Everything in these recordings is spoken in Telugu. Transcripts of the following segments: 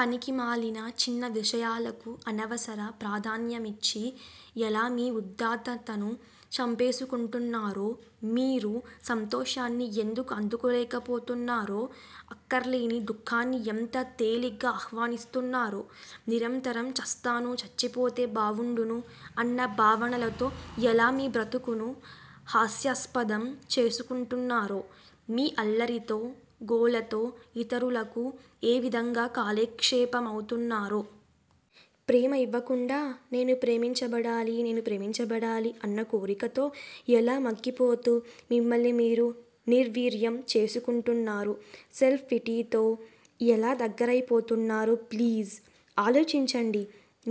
పనికిమాలిన చిన్న విషయాలకు అనవసర ప్రాధాన్యమిచ్చి ఎలా మీ ఉదాత్తతను చంపేసుకుంటున్నారో. మీరు సంతోషాన్ని ఎందుకు అందుకోలేకపోతున్నారో. అక్కర్లేని దుఃఖాన్ని ఎంత తేలిగ్గా ఆహ్వానిస్తున్నారో. నిరంతరం 'చస్తాను చచ్చిపోతే బావుండును' అన్న భావనలతో ఎలా మీ బ్రతుకును హాస్యాస్పదం చేసేసుకుంటున్నారో. మీ అల్లరితో, గోలతో ఇతరులకు ఏ విధంగా కాలక్షేపమవుతున్నారో. ప్రేమ ఇవ్వకుండా 'నేను ప్రేమించబడాలి. నేను ప్రేమించబడాలి' అన్నకోరికతో ఎలా మగ్గిపోతూ, మిమ్మల్ని మీరు నిర్వీర్యం చేసేసుకుంటున్నారో. సెల్ఫ్పిటీతో ఎలా దగ్ధమైపోతున్నారో ప్లీజ్! ఆలోచించండి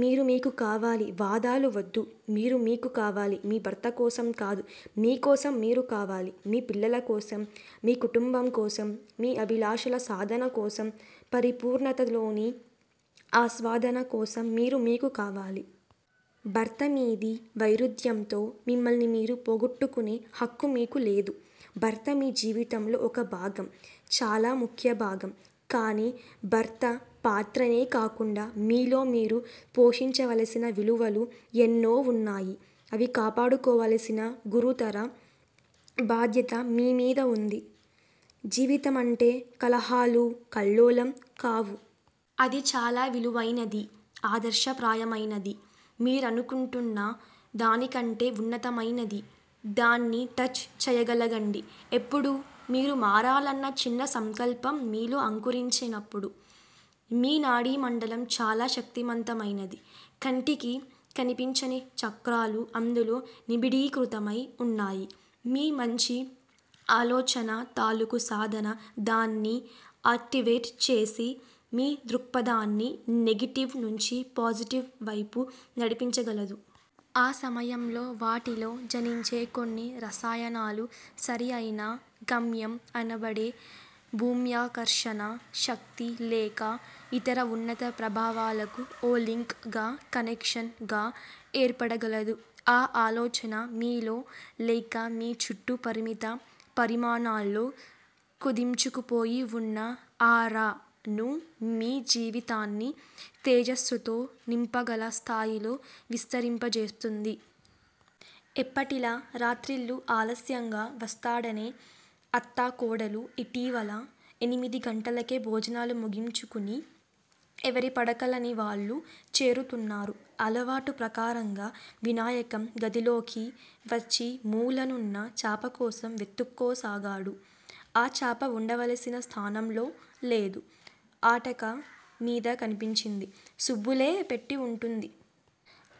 మీరు మీకు కావాలి. వాదాలు వద్దు. మీరు మీకు కావాలి. మీ భర్తకోసం కాదు, మీకోసం మీరు కావాలి. మీ పిల్లలకోసం, మీ కుటుంబంకోసం, మీ అభిలాషల సాధనకోసం, పరిపూర్ణతలోని ఆస్వాదన కోసం మీరు మీకు కావాలి. భర్త మీది వైరుధ్యంతో మిమ్మల్ని మీరు పోగొట్టుకునే హక్కు మీకు లేదు! భర్త మీ జీవితంలో ఒక భాగం. చాలా ముఖ్యభాగం. కాని భర్తపాత్రనే కాకుండా మీలో మీరు పోషించవలసిన విలువలు ఎన్నో వున్నాయి. అవి కాపాడుకోవలసిన గురుతర బాధ్యత మీమీద వుంది. జీవితమంటే కలహాలూ, కల్లోలం కావు. అది చాల విలువైనదీ, ఆదర్శప్రాయమైనదీ, మీరనుకుంటున్న దానికంటే ఉన్నతమైనదీ. దాన్ని టచ్ చేయగలగండి. ఎప్పుడు? మీరు మారాలన్న చిన్న సంకల్పం మీలో అంకురించినప్పుడు. మీ నాడీమండలం చాలా శక్తిమంతమైనది. కంటికి కనిపించని 'చక్రాలు' అందులో నిబిడీకృతమై వున్నాయి. మీ మంచి ఆలోచన తాలుకు సాధన దాన్ని ఆక్టివేట్ చేసి మీ దృక్పథాన్ని నెగెటివ్ నుంచి పాజిటివ్ వైపు నడిపించగలదు. ఆ సమయంలో వాటిలో జనించే కొన్ని రసాయనాలు సరియైన గమ్యం అనబడే భూమ్యాకర్షణ శక్తి లేక ఇతర ఉన్నత ప్రభావాలకు ఓ లింక్ గా, కనెక్షన్ గా ఏర్పడగలదు. ఆ ఆలోచన మీలో లేక మీ చుట్టూ పరిమిత పరిమాణాల్లో కుదించుకుపోయి వున్న 'ఆరా'ను మీ జీవితాన్ని తేజస్సుతో నింపగల స్థాయిలో విస్తరింపచేస్తుంది. ఎప్పటిలా రాత్రిళ్ళు ఆలస్యంగా వస్తాడనే అత్తా కోడలు యిటీవల ఎనిమిది గంటలకే భోజనాలు ముగించుకుని ఎవరి పడకలనివాళ్ళు చేరుతున్నారు. అలవాటు ప్రకారంగా వినాయకం గదిలోకి వచ్చి మూలనున్న చాప కోసం వెతుక్కోసాగాడు. ఆ చాప వుండవలసిన స్తానంలో లేదు. ఆటక మీద కనిపించింది. సుబ్బులే పెట్టివుంటుంది!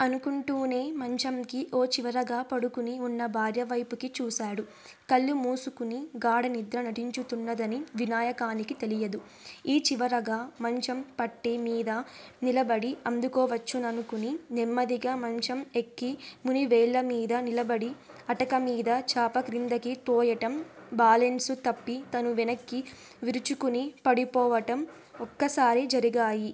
అనుకుంటూనే మంచంకి ఓ చివరగా పడుకుని వున్న భార్యవైపుకి చూశాడు. కళ్ళు మూసుకుని గాఢ నిద్ర నటించుతున్నదని వినాయకానికి తెలియదు. ఈ చివరగా మంచం పట్టె మీద నిలబడి అందుకోవచ్చుననుకుని నెమ్మదిగా మంచంఎక్కి మునివేళ్ళమీద నిలబడి అటకమీద చాపక్రిందకి తోయటం, బాలెన్సు తప్పి తను వెనక్కి విరుచుకుని పడిపోవటం ఒక్కసారే జరిగాయి.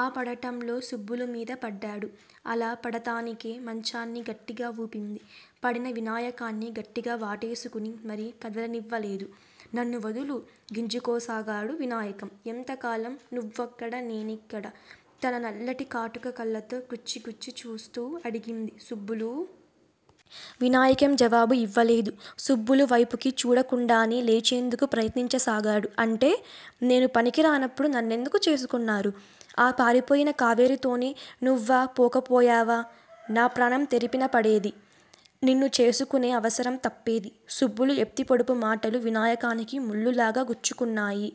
ఆ పడటంలో సుబ్బులు మీద పడ్డాడు. అలా పడతానికే మంచాన్ని గట్టిగా ఊపింది. పడిన వినాయకాన్ని గట్టిగా వాటేసుకుని మరి కదలనివ్వలేదు. నన్ను వదులు! గింజుకోసాగాడు వినాయకం. ఎంత కాలం నువ్వక్కడ? నేనిక్కడ? తన నల్లటి కాటుక కళ్ళతో గుచ్చి గుచ్చి చూస్తూ అడిగింది సుబ్బులు. వినాయకం జవాబు యివ్వలేదు. సుబ్బులు వైపుకి చూడకుండానే లేచేందుకు ప్రయత్నించసాగాడు. అంటే? నేను పనికి రానప్పుడు నన్నెందుకు చేసుకున్నారు? ఆ పారిపోయిన కావేరితోనే నువ్వా పోకపోయావా? నా ప్రాణం తెరిపినపడేది. నిన్ను చేసుకునే అవసరం తప్పేది. సుబ్బులు ఎత్తి పొడుపు మాటలు వినాయకానికి ముల్లులాగా గుచ్చుకున్నాయి.